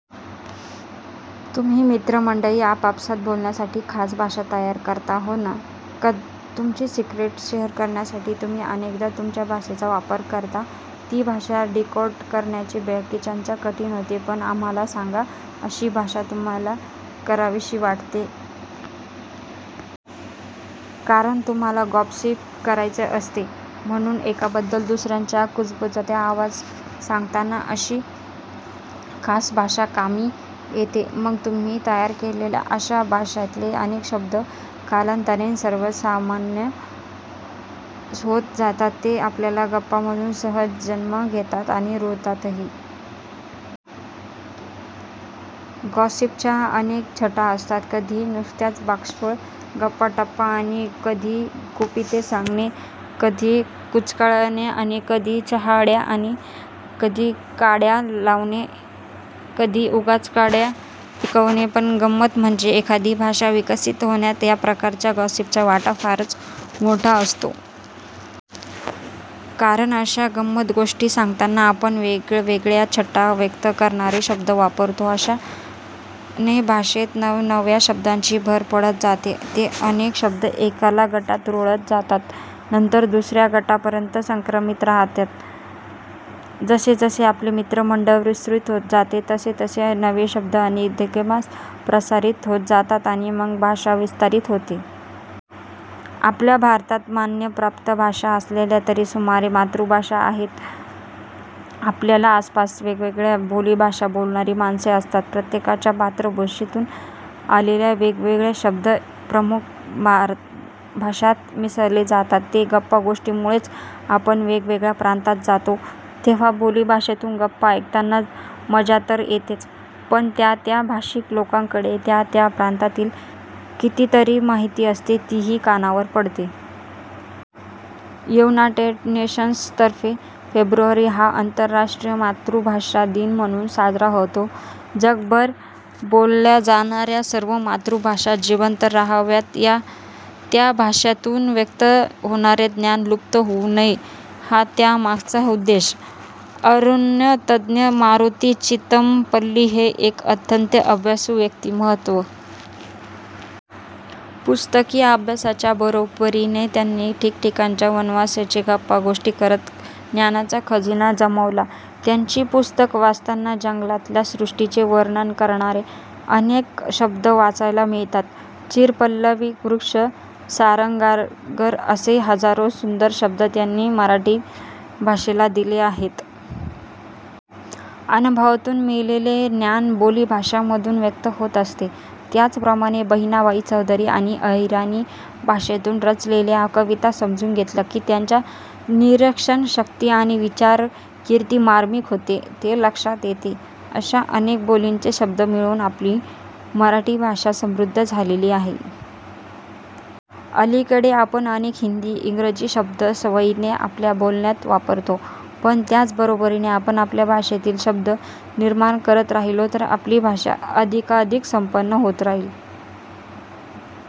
तुम्ही मित्रमंडळी आपापसात बोलण्यासाठी खास भाषा तयार करता. हो ना? तुमची सिक्रेटस् शेअर करण्यासाठी तुम्ही अनेकदा तुमच्या खास भाषेचा वापर करता. ती भाषा डीकोड करणे बाकीच्यांना कठीण होते. पण मला सांगा, अशी खास भाषा तुम्हांला का तयार करावीशी वाटते? कारण, तुम्हांला गॉसिपिंग करायचे असते, म्हणून! एकाबद्दल दुसऱ्याला कुजबुजत्या आवाजात सांगताना अशी खास भाषा कामी येते. मग तुम्ही तयार केलेल्या अशा भाषेतले अनेक शब्द कालांतराने सर्वमान्य होत जातात. ते आपल्या गप्पांमधून सहज जन्म घेतात आणि रुळतातही. गॉसिपिंगच्या अनेक छटा असतात. कधी नुसत्याच बाष्कळ गप्पाटप्पा, कधी गुपिते सांगणे, कधी कुचाळक्या, कधी चहाड्या, कधी काड्या लावणे, कधी उगाच कंड्या पिकवणे... पण गंमत म्हणजे एखादी भाषा विकसित होण्यात या सर्व प्रकारच्या गॉसिपचा वाटा फारच मोठा असतो. कारण अशा गम्मतगोष्टी सांगताना आपण वेगवेगळ्या छटा व्यक्त करणारे शब्द वापरतो. अशाने भाषेत नवनव्या शब्दांची भर पडत जाते. ते शब्द एकेका गटात रुळत जातात; नंतर दुसऱ्या गटांपर्यंत संक्रमित होत राहतात. जसजसे आपले मित्रमंडळ विस्तृत होत जाते, तसतसे नवे शब्द अधिकाधिक प्रसारित होत जातात आणि मग भाषा विस्तारित होते. आपल्या भारतात मान्यताप्राप्त भाषा असल्या, तरी सुमारे मातृभाषा आहेत. आपल्या आसपास वेगवेगळ्या बोलीभाषा बोलणारी माणसे असतात. प्रत्येकाच्या मातृभाषेतून आलेले वेगवेगळे शब्द या प्रमुख भाषांत मिसळले जातात, ते या गप्पागोष्टींमुळेच. आपण वेगवेगळ्या प्रांतात जातो तेव्हा बोलीभाषेतून गप्पा ऐकताना मजा तर येतेच, पण त्या त्या भाषिक लोकांकडे त्या त्या प्रांतातली कितीतरी माहिती असते, तीही कानावर पडते. 'युनायटेड नेशन्स'तर्फे फेब्रुवारी हा आंतरराष्ट्रीय मातृभाषा दिन म्हणून साजरा होतो. जगभर बोलल्या जाणाऱ्या सर्व मातृभाषा जिवंत राहाव्यात, त्या भाषांतून व्यक्त होणारे ज्ञान लुप्त होऊ नये, हा त्यामागचा उद्देश. अरण्यतज्ज्ञ मारुती चितमपल्ली हे एक अत्यंत अभ्यासू व्यक्तिमत्त्व. पुस्तकी अभ्यासाच्या बरोबरीने त्यांनी ठिकठिकाणच्या वनवासींशी गप्पागोष्टी करत ज्ञानाचा खजिना जमवला. त्यांची पुस्तके वाचताना जंगलातल्या सृष्टीचे वर्णन करणारे अनेक शब्द वाचायला मिळतात. चिरपल्लवी वृक्ष, सारंगागर असे हजारो सुंदर शब्द त्यांनी मराठी भाषेला दिले आहेत. अनुभवातून मिळवलेले ज्ञान बोलीभाषांमधून व्यक्त होत असते. त्याचप्रमाणे बहिणाबाई चौधरी यांनी अहिराणी भाषेतून रचलेल्या कविता समजून घेतल्या की, त्यांची निरीक्षणशक्ती आणि विचार किती मार्मिक होते, ते लक्षात येते. अशा अनेक बोलींचे शब्द मिळून आपली मराठी भाषा समृद्ध झालेली आहे. अलीकडे आपण अनेक हिंदी, इंग्रजी शब्द सवयीने आपल्या बोलण्यात वापरतो. पण त्याच बरोबरीने आपण आपल्या भाषेतले शब्द निर्माण करत राहिलो तर आपली भाषा अधिकाधिक संपन्न होत राहील.